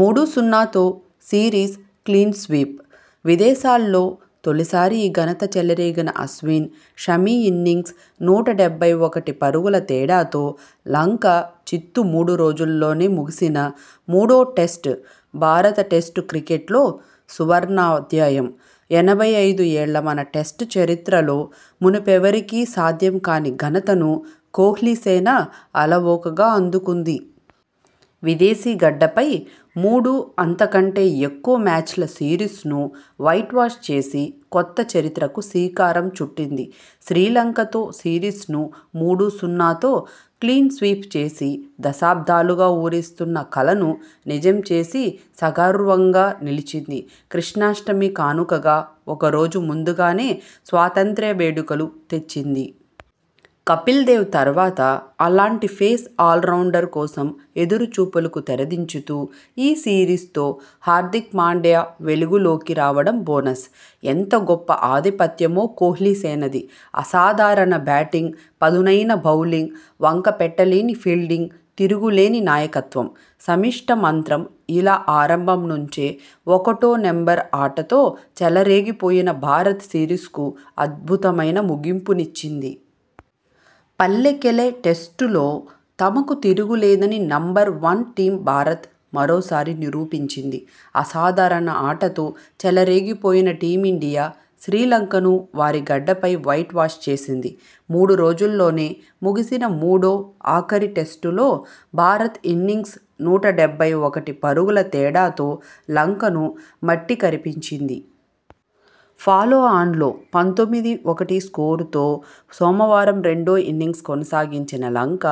మూడు సున్నాతో series clean sweep విదేశాల్లో తొలిసారి ఈ ఘనత చెలరేగిన అశ్విన్, షమి ఇన్నింగ్స్ నూట డెబ్బై ఒకటి పరుగుల తేడాతో లంక చిత్తు మూడ్రోజుల్లోనే ముగిసిన మూడో టెస్టు భారత టెస్టు క్రికెట్లో సువర్ణాధ్యాయం.! ఎనభై ఐదు ఏళ్ల మన టెస్టు చరిత్రలో మునుపెవరికీ సాథ్యం కాని ఘనతను కోహ్లీ సేన అలవోకగా అందుకుంది.! విదేశీ గడ్డపై మూడు అంతకంటే ఎక్కువ మ్యాచ్ల సిరీస్ను వైట్వాష్ చేసి కొత్త చరిత్రకు శ్రీకారం చుట్టింది.! శ్రీలంకతో సిరీస్ను మూడు సున్నాతో క్లీన్స్వీప్ చేసి దశాబ్దాలుగా ఊరిస్తున్న కలను నిజం చేసి సగర్వంగా నిలిచింది.! కృష్ణాష్టమి కానుకగా ఒక రోజు ముందుగానే స్వాతంత్య్ర వేడుకలు తెచ్చింది.! కపిల్దేవ్ తర్వాత అలాంటి పేస్ ఆల్రౌండర్ కోసం ఎదురు చూపులకు తెరదించుతూ ఈ సిరీస్తో హార్దిక్ పాండ్యా వెలుగులోకి రావడం బోనస్.! ఎంత గొప్ప ఆధిపత్యమో కోహ్లీ సేనది.! అసాధారణ బ్యాటింగ్ పదునైన బౌలింగ్ వంకపెట్టలేని ఫీల్డింగ్ తిరుగులేని నాయకత్వం. సమష్టి మంత్రం ఇలా ఆరంభం నుంచే ఒకటో నెంబర్ ఆటతో చెలరేగిపోయిన భారత్ సిరీస్కు అద్భుతమైన ముగింపునిచ్చింది.! పల్లెకెలె టెస్టుల్లో తమకు తిరుగేలేదని నెంబర్ వన్ టీమ్ భారత్ మరోసారి నిరూపించింది. అసాధారణ ఆటతో చెలరేగిపోయిన టీమిండియా శ్రీలంకను వారి గడ్డపై వైట్వాష్ చేసింది. మూడు రోజుల్లోనే ముగిసిన మూడో, ఆఖరి టెస్టులో భారత్ ఇన్నింగ్స్ నూట డెబ్బై ఒకటి పరుగుల తేడాతో లంకను మట్టికరిపించింది. ఫాలో ఆన్లో పంతొమ్మిది ఒకటి స్కోరుతో సోమవారం రెండో ఇన్నింగ్స్ కొనసాగించిన లంక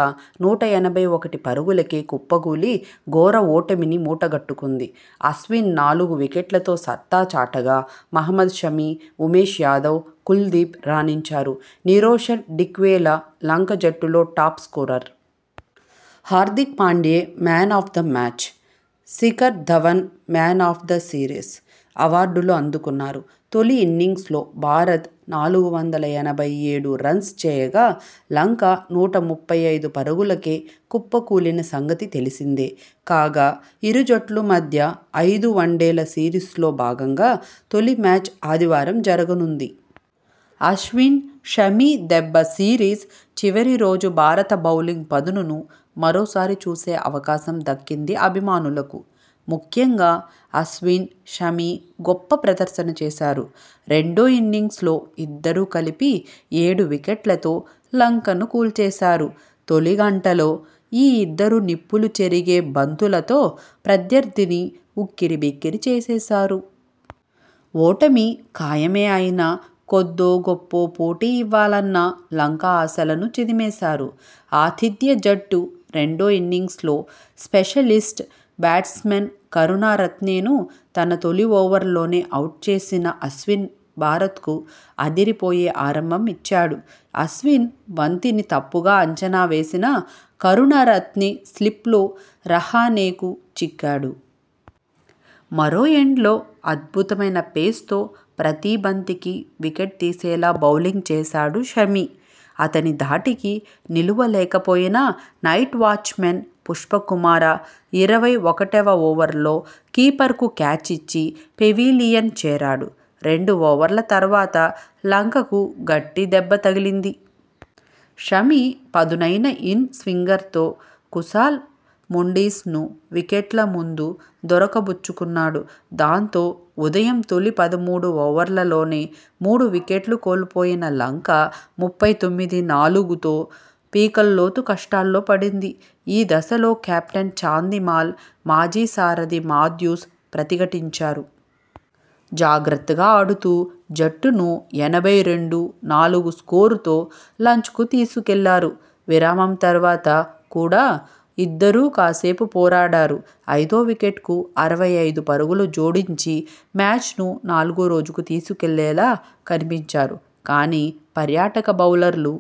నూట ఎనభై ఒకటి పరుగులకే కుప్పకూలి ఘోర ఓటమిని మూటగట్టుకుంది. అశ్విన్ నాలుగు వికెట్లతో సత్తా చాటగా మహ్మద్ షమి, ఉమేష్ యాదవ్, కుల్దీప్ రాణించారు. నిరోషన్ డిక్వెలా లంక జట్టులో top scorer. Hardik Pandya 'man of the match', Shikhar Dhawan 'man of the series' అవార్డులు అందుకున్నారు. తొలి ఇన్నింగ్స్లో భారత్ నాలుగు వందల ఎనభై ఏడు రన్స్ చేయగా, లంక నూట ముప్పై ఐదు పరుగులకే కుప్పకూలిన సంగతి తెలిసిందే. కాగా, ఇరు జట్ల మధ్య ఐదు వన్డేల సిరీస్లో భాగంగా తొలి మ్యాచ్ ఆదివారం జరగనుంది. అశ్విన్, షమి దెబ్బ సిరీస్ చివరి రోజు భారత బౌలింగ్ పదునును మరోసారి చూసే అవకాశం దక్కింది అభిమానులకు. ముఖ్యంగా అశ్విన్, షమి గొప్ప ప్రదర్శన చేశారు. రెండో ఇన్నింగ్స్లో ఇద్దరూ కలిపి ఏడు వికెట్లతో లంకను కూల్చేశారు. తొలి గంటలో ఈ ఇద్దరు నిప్పులు చెరిగే బంతు లతో ప్రత్యర్థిని ఉక్కిరి బిక్కిరి చేసేశారు. ఓటమి ఖాయమే అయినా కొద్దో గొప్పో పోటీ ఇవ్వాలన్న లంక ఆశలను చిదిమేశారు. ఆతిథ్య జట్టు రెండో ఇన్నింగ్స్లో స్పెషలిస్ట్ బ్యాట్స్మన్ కరుణ రత్నెను తన తొలి ఓవర్లోనే అవుట్ చేసిన అశ్విన్ భారత్కు అదిపోయే ఆరంభం ఇచ్చాడు. అశ్విన్ బంతిని తప్పుగా అంచనా వేసిన కరుణ రత్నె స్లిప్లో రహానెకు చిక్కాడు. మరో ఎండ్లో అద్భుతమైన పేస్తో ప్రతీ బంతికి వికెట్ తీసేలా బౌలింగ్ చేశాడు షమి. అతని ధాటికి నిలువ లేకపోయిన నైట్ వాచ్మన్ పుష్పకుమార ఇరవై ఒకటివ ఓవర్లో కీపర్కు క్యాచ్ ఇచ్చి పెవిలియన్ చేరాడు. రెండు ఓవర్ల తర్వాత లంకకు గట్టి దెబ్బ తగిలింది. షమి పదునైన ఇన్ స్వింగర్తో కుశాల్ మెండిస్ ను వికెట్ల ముందు దొరక బుచ్చుకున్నాడు. దాంతో, ఉదయం తొలి పదమూడు ఓవర్లలోనే మూడు వికెట్లు కోల్పోయిన లంక ముప్పై తొమ్మిది నాలుగుతో పీకల్లోతు కష్టాల్లో పడింది. ఈ దశలో కెప్టెన్ చాందిమల్, మాజీ సారథి మాథ్యూస్ ప్రతిఘటించారు. జాగ్రత్తగా ఆడుతూ జట్టును ఎనభై రెండు నాలుగు స్కోరుతో లంచ్కు తీసుకెళ్లారు. విరామం తర్వాత కూడా ఇద్దరూ కాసేపు పోరాడారు. ఐదో వికెట్కు అరవై ఐదు పరుగులు జోడించి మ్యాచ్ను నాలుగో రోజుకు తీసుకెళ్లేలా కనిపించారు. కానీ, పర్యాటక బౌలర్లు